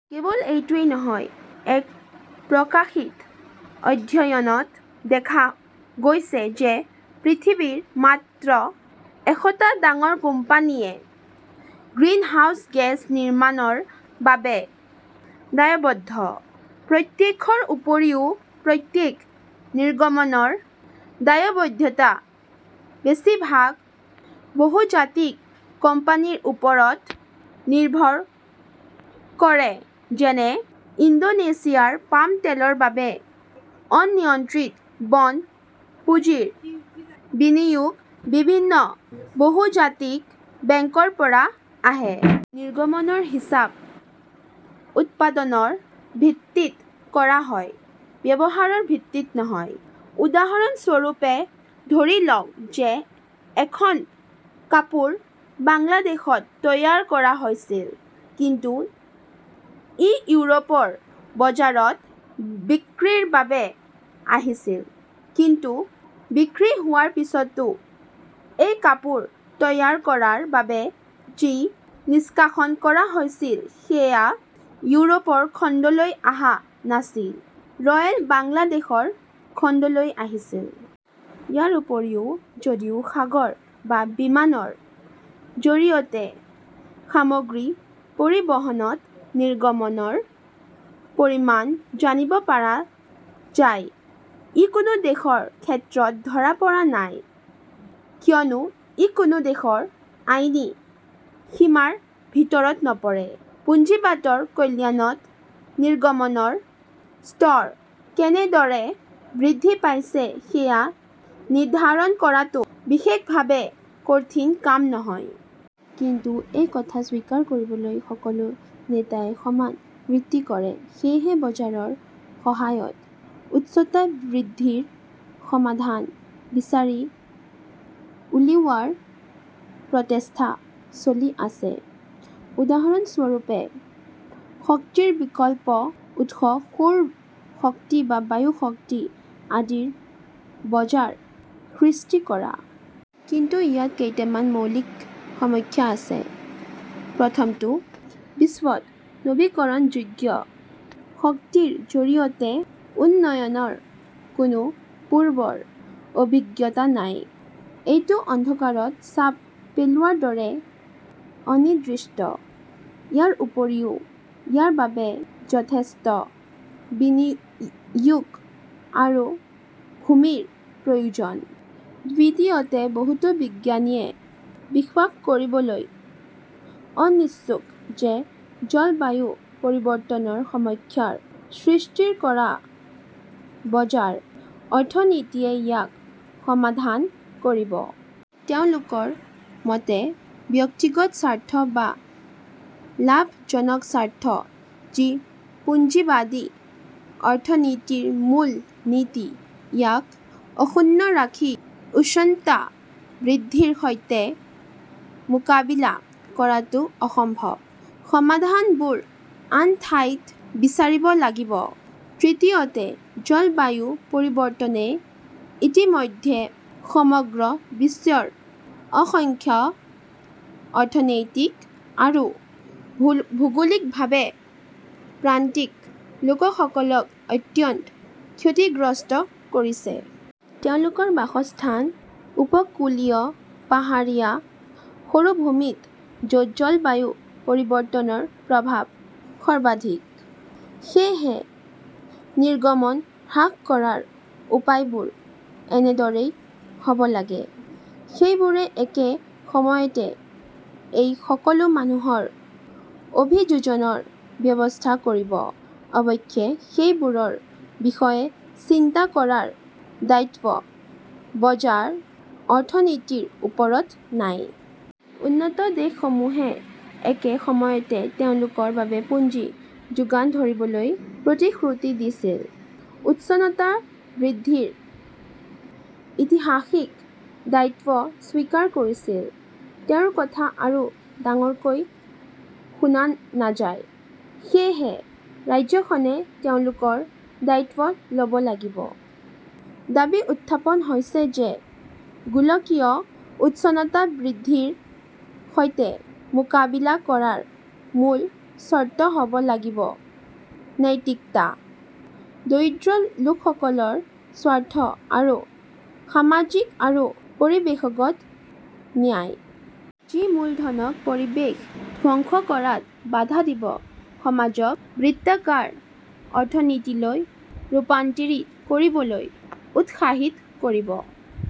কেৱল এইটোৱেই নহয়, এক প্ৰকাশিত অধ্যয়নত দেখা গৈছে যে পৃথিৱীৰ মাত্ৰ এশটা ডাঙৰ কোম্পানীয়ে গ্ৰিনহাউজ গেছ নিৰ্গমনৰ বাবে দায়বদ্ধ। প্ৰত্যক্ষৰ উপৰিও, প্ৰত্যক্ষ নিৰ্গমনৰ দায়বদ্ধতা বেছিভাগ বহুজাতিক কোম্পানীৰ ওপৰত নিৰ্ভৰ কৰেযেনে, ইণ্ডোনেছিয়াৰ পাম তেলৰ বাবে অনিয়ন্ত্ৰিত বন পুঁজিৰ বিনিয়োগ বিভিন্ন বহুজাতিক বেংকৰ পৰা আহে। নিৰ্গমনৰ হিচাপ উৎপাদনৰ ভিত্তিত কৰা হয়, ব্যৱহাৰৰ ভিত্তিত নহয়। উদাহৰণস্বৰূপে, ধৰি লওঁক যে এখন কাপোৰ বাংলাদেশত তৈয়াৰ কৰা হৈছিল, কিন্তু ই ইউৰোপৰ বজাৰত বিক্ৰীৰ বাবে আহিছিল। কিন্তু বিক্ৰী হোৱাৰ পিছতো এই কাপোৰ তৈয়াৰ কৰাৰ বাবে যি নিষ্কাশন কৰা হৈছিল সেয়া ইউৰোপৰ খণ্ডলৈ অহা নাছিল, ৰয়েল বাংলাদেশৰ খণ্ডলৈ আহিছিল। ইয়াৰ উপৰিও, যদিও সাগৰ বা বিমানৰ জৰিয়তে সামগ্ৰী পৰিবহণত নিৰ্গমনৰ পৰিমাণ জানিব পৰা যায়, ই কোনো দেশৰ ক্ষেত্ৰত ধৰা পৰা নাই, কিয়নো ই কোনো দেশৰ আইনী সীমাৰ ভিতৰত নপৰে। পুঁজিবাদৰ কল্যাণত নিৰ্গমনৰ স্তৰ কেনেদৰে বৃদ্ধি পাইছে সেয়া নিৰ্ধাৰণ কৰাটো বিশেষভাৱে কঠিন কাম নহয়। কিন্তু, এই কথা স্বীকাৰ কৰিবলৈ সকলো নেতাই সমান নৃত্য কৰে। সেয়েহে বজাৰৰ সহায়ত উষ্ণতা বৃদ্ধিৰ সমাধান বিচাৰি উলিওৱাৰ প্ৰচেষ্টা চলি আছে। উদাহৰণস্বৰূপে, শক্তিৰ বিকল্প উৎস-সৌৰ শক্তি বা বায়ু শক্তি আদিৰ বজাৰ সৃষ্টি কৰা। কিন্তু ইয়াত কেইটামান মৌলিক সমস্যা আছে। প্ৰথমতে, বিশ্বত নৱীকৰণযোগ্য শক্তিৰ জৰিয়তে উন্নয়নৰ কোনো পূৰ্বৰ অভিজ্ঞতা নাই। এইটো অন্ধকাৰত ঢাপ পেলোৱাৰ দৰে, অনিৰ্দিষ্ট। ইয়াৰ উপৰিও, ইয়াৰ বাবে যথেষ্ট বিনিয়োগ আৰু ভূমিৰ প্ৰয়োজন। দ্বিতীয়তে, বহুতো বিজ্ঞানীয়ে বিশ্বাস কৰিবলৈ অনিচ্ছুক যে জলবায়ু পৰিৱৰ্তনৰ সমস্যাৰ সৃষ্টি কৰা বজাৰ-অৰ্থনীতিয়ে ইয়াক সমাধান কৰিব। তেওঁলোকৰ মতে, ব্যক্তিগত স্বাৰ্থ বা লাভজনক স্বাৰ্থ, যি পুঁজিবাদী অৰ্থনীতিৰ মূল নীতি-ইয়াক অক্ষুণ্ণ ৰাখি উষ্ণতা বৃদ্ধিৰ সৈতে মোকাবিলা কৰাটো অসম্ভৱ, সমাধানবোৰ আন ঠাইত বিচাৰিব লাগিব। তৃতীয়তে, জলবায়ু পৰিৱৰ্তনে ইতিমধ্যে সমগ্ৰ বিশ্বৰ অসংখ্য অৰ্থনৈতিক আৰু ভৌগোলিকভাৱে প্ৰান্তিক লোকসকলক অত্যন্ত ক্ষতিগ্ৰস্ত কৰিছে। তেওঁলোকৰ বাসস্থান উপকূলীয়, পাহাৰীয়া, মৰুভূমিত, য'ত জলবায়ু পৰিৱৰ্তনৰ প্ৰভাৱ সৰ্বাধিক। সেয়েহে নিৰ্গমন হ্ৰাস কৰাৰ উপায়বোৰ এনেদৰেই হ 'ব লাগে, সেইবোৰে একে সময়তে এই সকলো মানুহৰ অভিযোজনৰ ব্যৱস্থা কৰিব। অৱশ্যে, সেইবোৰৰ বিষয়ে চিন্তা কৰাৰ দায়িত্ব বজাৰ অৰ্থনীতিৰ ওপৰত নাই। উন্নত দেশসমূহে একে সময়তে তেওঁলোকৰ বাবে পুঁজি যোগান ধৰিবলৈ প্ৰতিশ্ৰুতি দিছিল, উষ্ণতা বৃদ্ধিৰ ঐতিহাসিক দায়িত্ব স্বীকাৰ কৰিছিল। তেওঁৰ কথা আৰু ডাঙৰকৈ শুনা নাযায়। সেয়েহে, ৰাজ্যখনে তেওঁলোকৰ দায়িত্ব ল'ব লাগিব। দাবী উত্থাপন হৈছে যে গোলকীয় উষ্ণতা বৃদ্ধিৰ সৈতে মোকাবিলা কৰাৰ মূল চৰ্ত হ'ব লাগিব নৈতিকতা, দৰিদ্ৰ লোকসকলৰ স্বাৰ্থ আৰু সামাজিক আৰু পৰিৱেশগত ন্যায়। যি মূলধনক পৰিৱেশ ধ্বংস কৰাত বাধা দিব, সমাজক বৃত্তাকাৰ অৰ্থনীতিলৈ ৰূপান্তৰিত কৰিবলৈ উৎসাহিত কৰিব।